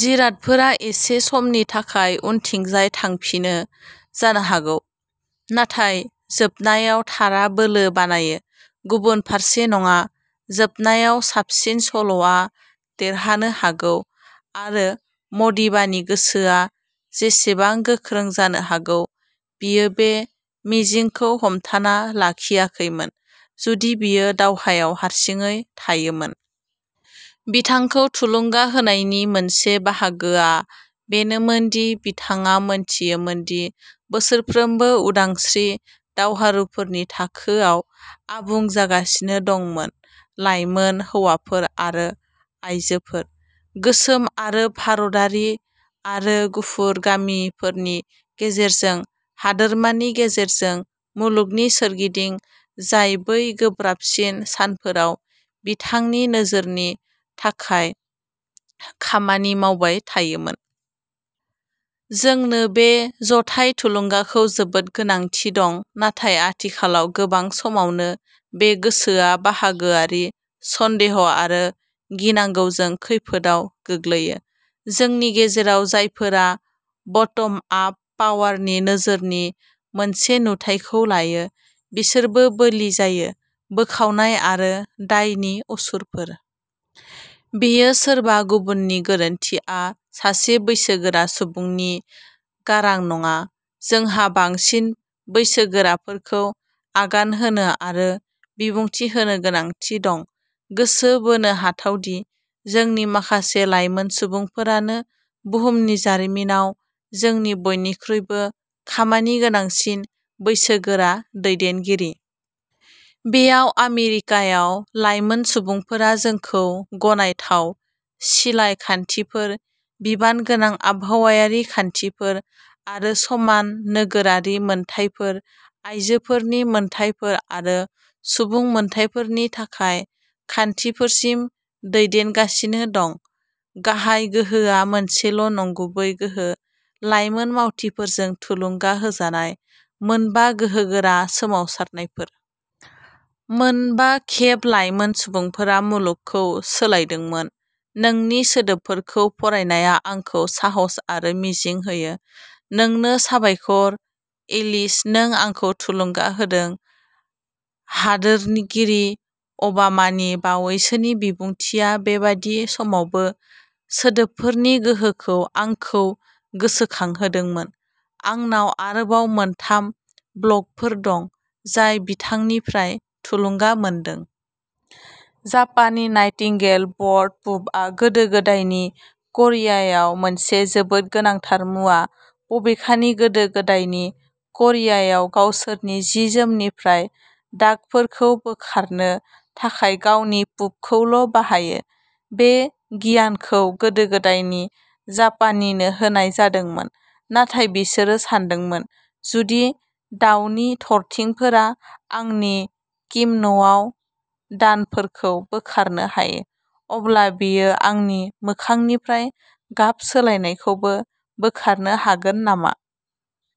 जिरादफोरा एसे समनि थाखाय उनथिंजाय थांफिनो जानो हागौ, नाथाय जोबनायाव, थारआ बोलो बानायो, गुबुन फारसे नङा। जोबनायाव, साबसिन सल'आ देरहानो हागौ आरो मदिबानि गोसोआ जेसेबां गोख्रों जानो हागौ, बियो बे मिजिंखौ हमथाना लाखियाखैमोन जुदि बियो दावहायाव हारसिङै थायोमोन। बिथांखौ थुलुंगा होनायनि मोनसे बाहागोआ बेनोमोन दि बिथाङा मोनथियोमोन दि बोसोरफ्रोमबो, उदांस्रि दावहारुफोरनि थाखोआ आबुं जागासिनो दंमोन, लाइमोन हौवाफोर आरो आयजोफोर; गोसोम आरो भारतारि आरो गुफुर, गामिफोरनि गेजेरजों, हादोरमानि गेजेरजों, मुलुगनि सोरगिदिं, जाय बै गोब्राबसिन सानफोराव बिथांनि नोजोरनि थाखाय खामानि मावबाय थायोमोन। जोंनो बे जथाय थुलुंगाखौ जोबोद गोनांथि दं। नाथाय आथिखालाव गोबां समावनो, बे गोसोआ बाहागोआरि, सन्देह आरो गिनांगौजों खैफोदआव गोग्लैयो। जोंनि गेजेराव जायफोरा ब'टम आप पावारनि नोजोरनि मोनसे नुथायखौ लायो, बिसोरबो बोलि जायो। बोखावनाय आरो दायनि असुरफोर। "बेयो सोरबा गुबुननि गोरोन्थि" आ सासे बैसोगोरा सुबुंनि गारां नङा। जोंहा बांसिन बैसोगोराफोरखौ आगान होनो आरो बिबुंथि होनो गोनांथि दं। गोसो बोनो हाथाव दि, जोंनि माखासे लाइमोन सुबुंफोरानो बुहुमनि जारिमिनाव जोंनि बयनिख्रुइबो खामानिगोनांसिन बैसोगोरा दैदेनगिरि। बेयाव आमेरिकायाव, लाइमोन सुबुंफोरा जोंखौ गनायथाव सिलाइ खान्थिफोर, बिबानगोनां आबहावायारि खान्थिफोर आरो समान नोगोरारि मोनथायफोर, आयजोफोरनि मोनथायफोर आरो सुबुं मोनथायफोरनि थाखाय खान्थिफोरसिम दैदेनगासिनो दं। गाहाय गोहोआ मोनसेल'नंगुबै गोहो। लाइमोन मावथिफोरजों थुलुंगा होजानाय मोनबा गोहोगोरा सोमावसारनायफोर। मोनबा खेब लाइमोन सुबुंफोरा मुलुगखौ सोलायदोंमोन। नोंनि सोदोबफोरखौ फरायनाया आंखौ साहस आरो मिजिं होयो। नोंनो साबायखर, एलिस। नों आंखौ थुलुंगा होदों। हादोरगिरि अबामानि बावैसोनि बिबुंथिआ बेबादि समावबो सोदोबफोरनि गोहोखौ आंखौ गोसोखांहोदोंमोन। आंनाव आरोबाव मोनथाम ब्लगफोर दं, जाय बिथांनिफ्राय थुलुंगा मोनदों। जापानी नाइटिंगेल बर्ड पुपआ गोदो-गोदायनि करियायाव मोनसे जोबोद गोनांथार मुवा। बबेखानि, गोदो-गोदायनि करियाया गावसोरनि जि-जोमनिफ्राय दागफोरखौ बोखारनो थाखाय दावनि पुपखौल'बाहायो। बे गियानखौ गोदो-गोदायनि जापानिनो होनाय जादोंमोन नाथाय बिसोरो सानदोंमोन, "जुदि दावनि थरथिंफोरा आंनि किमन'आव दागफोरखौ बोखारनो हायो, अब्ला बेयो आंनि मोखांनिफ्राय गाब सोलायनायखौबो बोखारनो हागोन नामा?